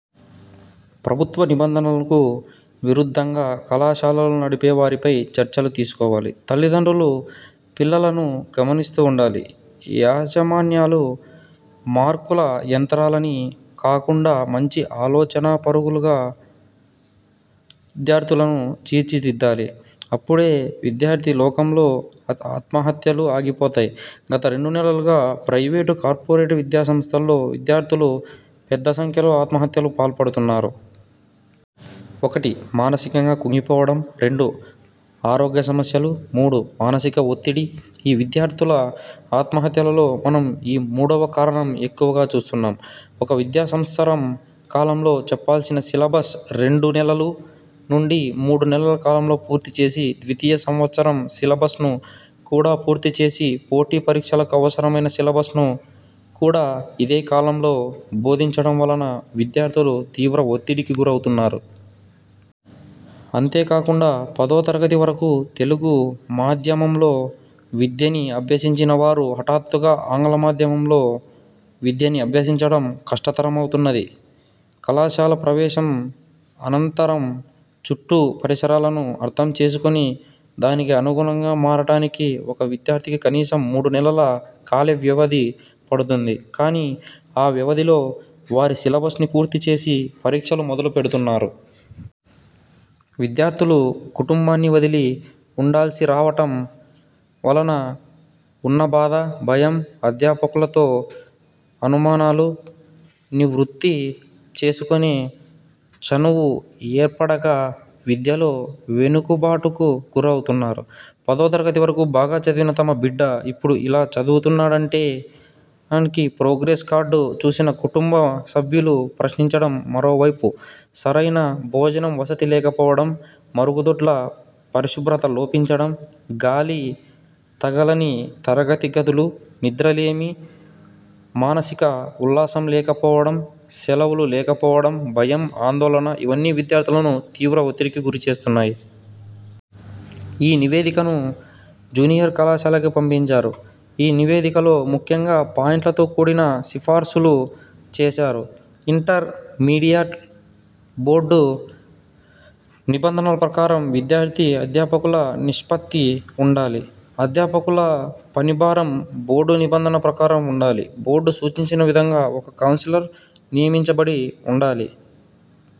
ప్రభుత్వ నిబంధనలకు విరుద్ధంగా కళాశాలలు నడిపే వారిపై చర్యలు తీసుకోవాలి. తల్లిదండ్రులు పిల్లలను గమనిస్తూ ఉండాలి. యాజమాన్యాలు మార్కుల యంత్రాలని కాకుండా మంచి ఆలోచనాపరులుగా విద్యార్థులను తీర్చిదిద్దాలి. అప్పుడే విద్యార్థి లోకంలో ఆత్మహత్యలు ఆగిపోతాయి. గత రెండు నెలలుగా ప్రయివేటు, కార్పొరేట్ విద్యాసంస్థల్లో విద్యార్థులు పెద్దసంఖ్యలో ఆత్మహత్యలకు పాల్పడుతున్నారు. ఒకటి మానసికంగా కుంగిపోవడం, రెండు ఆరోగ్యసమస్యలు, మూడు మానసిక ఒత్తిడి. ఈ విద్యార్థుల ఆత్మహత్యలలో మనం ఈ మూడవ కారణం ఎక్కువగా చూస్తున్నాం. ఒక విద్యా సంవత్సరం కాలంలో చెప్పాల్సిన సిలబస్ రెండు నెలల నుండి మూడు నెలల కాలంలో పూర్తిచేసి ద్వితీయ సంవత్సరం సిలబస్ను కూడా పూర్తిచేసి పోటీ పరీక్షలకు అవసరమైన సిలబస్ను కూడా ఇదే కాలంలో భోదించడం వలన విద్యార్థులు తీవ్ర ఒత్తిడికి గురవుతున్నారు. అంతేకాకుండా పదోతరగతి వరకు తెలుగు మాధ్యమంలో విద్యని అభ్యసించిన వారు హఠాత్తుగా ఆంగ్ల మాధ్యమంలో విద్యని అభ్యసించడం కష్టతరమవుతున్నది. కళాశాల ప్రవేశం అనంతరం చుట్టూ పరిసరాలను అర్థం చేసుకొని దానికి అనుగుణంగా మారటానికి ఒక విద్యార్థికి కనీసం మూడు నెలల కాలవ్యవధి పడుతుంది. కానీ ఆ వ్యవధిలో వారి సిలబస్ని పూర్తిచేసి పరీక్షలు మొదలు పెడుతున్నారు. విద్యార్థులు కుటుంబాన్ని వదిలి ఉండాల్సి రావటం వలన ఉన్న బాధ, భయం, అధ్యాపకులతో అనుమానాలు నివృత్తి చేసుకొనే చనువు ఏర్పడక విద్యలో వెనుకుబాటుకు గురవుతున్నారు. పదోతరగతి వరకు బాగా చదివిన తమ బిడ్డ ఇపుడు ఇలా చదువుతున్నాడేంటని ప్రోగ్రెస్ కార్డు చూసిన కుటుంబ సభ్యులు ప్రశ్నించడం, మరోవైపు సరైన భోజన వసతి లేకపోవడం, మరుగుదొడ్ల పరిశుభ్రత లోపించడం, గాలి తగలని తరగతి గదులు, నిద్రలేమి, మానసిక ఉల్లాసం లేకపోవడం, సెలవులు లేకపోవడం, భయం, ఆందోళన ఇవన్నీ విద్యార్థులను తీవ్ర ఒత్తిడికి గురి చేస్తున్నాయి. ఈ నివేదికను జూనియర్ కళాశాలలకి పంపించారు. ఈ నివేదికలో ముఖ్యంగా పాయింట్లతో కూడిన సిఫార్సులు చేసారు. ఇంటర్ మీడియట్ బోర్డు నిబంధనల ప్రకారం విద్యార్థి, అధ్యాపకుల నిష్పత్తి ఉండాలి. అధ్యాపకుల పని భారం బోర్డు నిబంధనల ప్రకారం ఉండాలి. బోర్డు సూచించిన విధంగా ఒక కౌన్సిలర్ నియమింపబడి ఉండాలి.